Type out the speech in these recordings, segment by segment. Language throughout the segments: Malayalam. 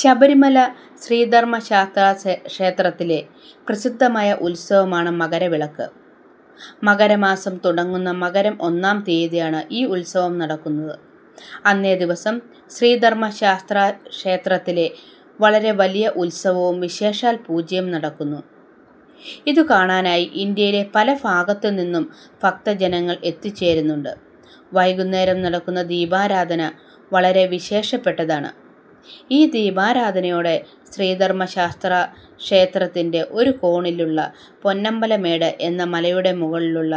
ശബരിമല ശ്രീധർമ്മശാസ്താക്ഷേത്രത്തിലെ പ്രസിദ്ധമായ ഉത്സവമാണ് മകരവിളക്ക്. മകരമാസം തുടങ്ങുന്ന മകരം ഒന്നാം തീയതിയാണ് ഈ ഉത്സവം നടക്കുന്നത്. അന്നേദിവസം ശ്രീധർമ്മശാസ്താക്ഷേത്രത്തിൽ വളരെ വലിയ ഉത്സവവും വിശേഷാൽ പൂജയും നടക്കുന്നു. ഇതുകാണാനായി ഇന്ത്യയുടെ പല ഭാഗത്തുനിന്നും ഭക്തജനങ്ങൾ എത്തിച്ചേരാറുണ്ട്. വൈകുന്നേരം നടക്കുന്ന ദീപാരാധന വളരെ വിശേഷപ്പെട്ടതാണ്. ഈ ദീപാരാധനയുടെ ശ്രീധർമ്മശാസ്താക്ഷേത്രത്തിൻ്റെ ഒരു കോണിലുള്ള പൊന്നമ്പലമേട് എന്ന മലയുടെ മുകളിലുള്ള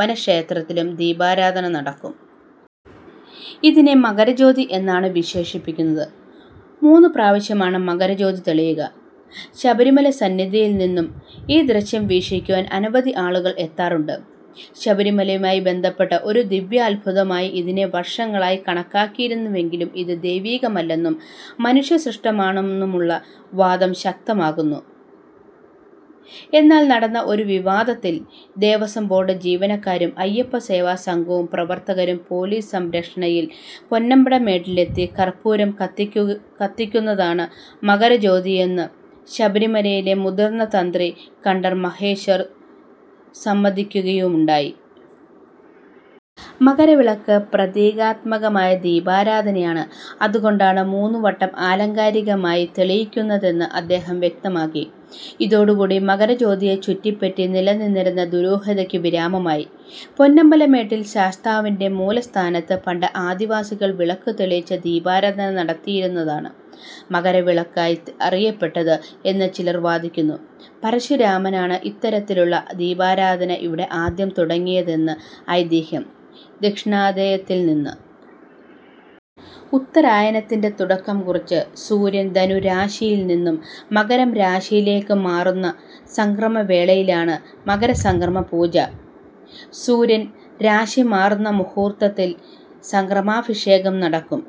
വനക്ഷേത്രത്തിലും ദീപാരാധന നടക്കും. ഇതിനെ മകരജ്യോതി എന്നാണ് വിശേഷിപ്പിക്കുന്നത്. മൂന്നുപ്രാവശ്യമാണ് മകരജ്യോതി തെളിയിക്കുക. ശബരിമല സന്നിധിയിൽനിന്നും ഈ ദൃശ്യം വീക്ഷിക്കുവാൻ അനവധി ആളുകൾ എത്താറുണ്ട്. ശബരിമലയുമായി ബന്ധപ്പെട്ട ഒരു ദിവ്യാത്ഭുതമായി ഇതിനെ വർഷങ്ങളായി കണക്കാക്കിയിരുന്നെങ്കിലും ഇത് ദൈവികമല്ലെന്നും മനുഷ്യസൃഷ്ടമാണെന്നുമുള്ള വാദവും ശക്തമായിരുന്നു. എന്നാൽ നടന്ന ഒരു വിവാദത്തിൽ ദേവസ്വം ബോർഡ് ജീവനക്കാരും അയ്യപ്പസേവാസംഘം പ്രവർത്തകരും പോലീസ് സംരക്ഷണയിൽ പൊന്നമ്പലമേട്ടിലെത്തി കർപ്പൂരം കത്തിക്കുന്നതാണ് മകരജ്യോതിയെന്ന് ശബരിമലയിലെ മുതിർന്ന തന്ത്രി കണ്ഠര് മഹേശ്വരര് സമ്മതിക്കുകയുണ്ടായി. മകരവിളക്ക് പ്രതീകാത്മകമായ ദീപാരാധനയാണ്. അതുകൊണ്ടാണ് മൂന്നുവട്ടം ആലങ്കാരികമായി തെളിയിക്കുന്നതെന്ന് അദ്ദേഹം വ്യക്തമാക്കി. ഇതോടുകൂടി മകരജ്യോതിയെ ചുറ്റിപ്പറ്റി നിലനിന്നിരുന്ന ദുരൂഹതയ്ക്ക് വിരാമമായി. പൊന്നമ്പലമേട്ടിൽ ശാസ്താവിൻ്റെ മൂലസ്ഥാനത്ത് പണ്ട് ആദിവാസികൾ വിളക്കു തെളിയിച്ച് ദീപാരാധന നടത്തിയിരുന്നതാണ് മകരവിളക്കായി അറിയപ്പെട്ടത് എന്ന് ചിലർ വാദിക്കുന്നു. പരശുരാമനാണ് ഇത്തരത്തിലുള്ള ദീപാരാധന അവിടെ ആദ്യം തുടങ്ങിയതെന്നാണ് ഐതിഹ്യം. ദക്ഷിണായനത്തിൽനിന്ന് ഉത്തരായനത്തിൻ്റെ തുടക്കം കുറിച്ച് സൂര്യൻ ധനു രാശിയിൽനിന്നും മകരം രാശിയിലേക്ക് മാറുന്ന സംക്രമവേളയിലാണ് മകരസംക്രമപൂജ. സൂര്യൻ രാശി മാറുന്ന മുഹൂർത്തത്തിൽ സംക്രമാഭിഷേകം നടക്കും.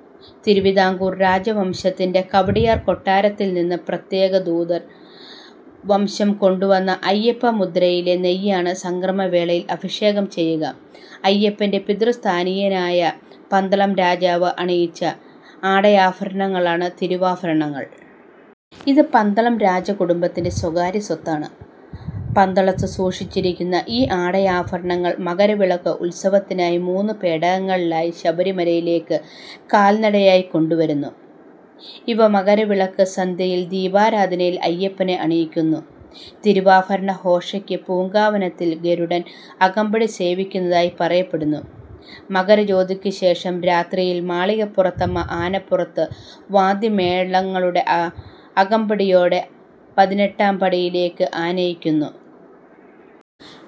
തിരുവിതാംകൂർ രാജവംശത്തിൻ്റെ കവടിയാർ കൊട്ടാരത്തിൽനിന്ന് പ്രത്യേക ദൂതൻ വശം കൊണ്ടുവന്ന അയ്യപ്പമുദ്രയിലെ നെയ്യാണ് സംക്രമവേളയിൽ അഭിഷേകം ചെയ്യുക. അയ്യപ്പൻ്റെ പിതൃസ്ഥാനീയനായ പന്തളം രാജാവ് പണിയിച്ച ആടയാഭരണങ്ങളാണ് തിരുവാഭരണങ്ങൾ. ഇത് പന്തളം രാജകുടുംബത്തിൻ്റെ സ്വകാര്യ സ്വത്താണ്. പന്തളത്ത് സൂക്ഷിച്ചിരിക്കുന്ന ഈ ആടയാഭരണങ്ങൾ മകരവിളക്ക് ഉത്സവത്തിനായി മൂന്നു പേടകങ്ങളിലാക്കി ശബരിമലയിലേക്ക് കാൽനടയായി കൊണ്ടുവരുന്നു. ഇവ മകരവിളക്ക് സന്ധ്യയിലെ ദീപാരാധനയിൽ അയ്യപ്പനെ അണിയിക്കുന്നു. തിരുവാഭരണ ഘോഷയാത്രയ്ക്ക് പൂങ്കാവനത്തിൽ ഗരുഡൻ അകമ്പടി സേവിക്കുന്നതായി പറയപ്പെടുന്നു. മകരജ്യോതിക്കുശേഷം രാത്രിയിൽ മാളികപ്പുറത്തമ്മയെ ആനപ്പുറത്ത് വാദ്യമേളങ്ങളുടെ അകമ്പടിയോടെ പതിനെട്ടാം പടിയിലേക്ക് ആനയിക്കുന്നു.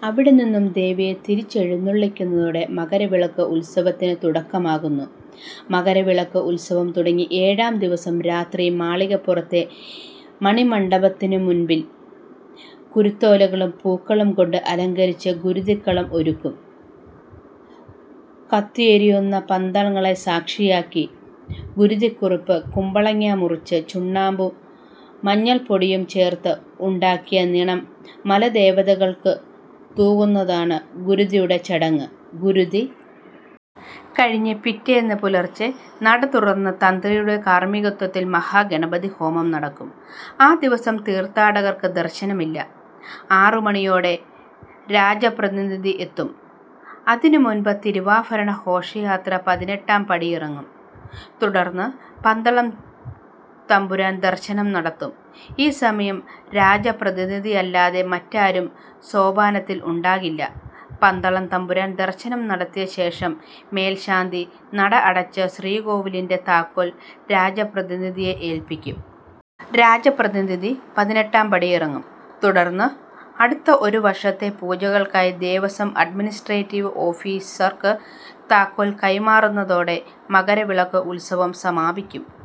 അവിടെനിന്നും ദേവിയെ തിരിച്ചെഴുന്നള്ളിക്കുന്നതോടെ മകരവിളക്ക് ഉത്സവത്തിന് തുടക്കമാവുന്നു. മകരവിളക്ക് ഉത്സവം തുടങ്ങി ഏഴാം ദിവസം രാത്രി മാളികപ്പുറത്തെ മണിമണ്ഡപത്തിനു മുൻപിൽ കുരുത്തോലകളും പൂക്കളും കൊണ്ട് അലങ്കരിച്ച് ഗുരുതിക്കളം ഒരുക്കും. കത്തിയെരിയുന്ന പന്തങ്ങളെ സാക്ഷിയാക്കി ഗുരുതിക്കുറുപ്പ് കുമ്പളങ്ങ മുറിച്ച് ചുണ്ണാമ്പും മഞ്ഞൾപ്പൊടിയും ചേർത്ത് ഉണ്ടാക്കിയ നിണം മലദേവതകൾക്കു തൂകുന്നതാണ് ഗുരുതിയുടെ ചടങ്ങ്. ഗുരുതി കഴിഞ്ഞ് പിറ്റേന്ന് പുലർച്ചെ നട തുറന്ന് തന്ത്രിയുടെ കാർമികത്വത്തിൽ മഹാഗണപതി ഹോമം നടക്കും. ആ ദിവസം തീർഥാടകർക്ക് ദർശനമില്ല. ആറുമണിയോടെ രാജപ്രതിനിധി എത്തും. അതിനുമുൻപ് തിരുവാഭരണ ഘോഷയാത്ര പതിനെട്ടാംപടിയിറങ്ങും. തുടർന്ന് പന്തളം തമ്പുരാൻ ദർശനം നടത്തും. ഈ സമയം രാജപ്രതിനിധിയല്ലാതെ മറ്റാരും സോപാനത്തിൽ ഉണ്ടാകില്ല. പന്തളം തമ്പുരാൻ ദർശനം നടത്തിയ ശേഷം മേൽശാന്തി നട അടച്ച് ശ്രീകോവിലിൻ്റെ താക്കോൽ രാജപ്രതിനിധിയെ ഏൽപ്പിക്കും. രാജപ്രതിനിധി പതിനെട്ടാംപടിയിറങ്ങും. തുടർന്ന് അടുത്ത ഒരു വർഷത്തെ പൂജകൾക്കായി ദേവസ്വം അഡ്മിനിസ്ട്രേറ്റീവ് ഓഫീസർക്ക് താക്കോൽ കൈമാറുന്നതോടെ മകരവിളക്ക് ഉത്സവം സമാപിക്കും.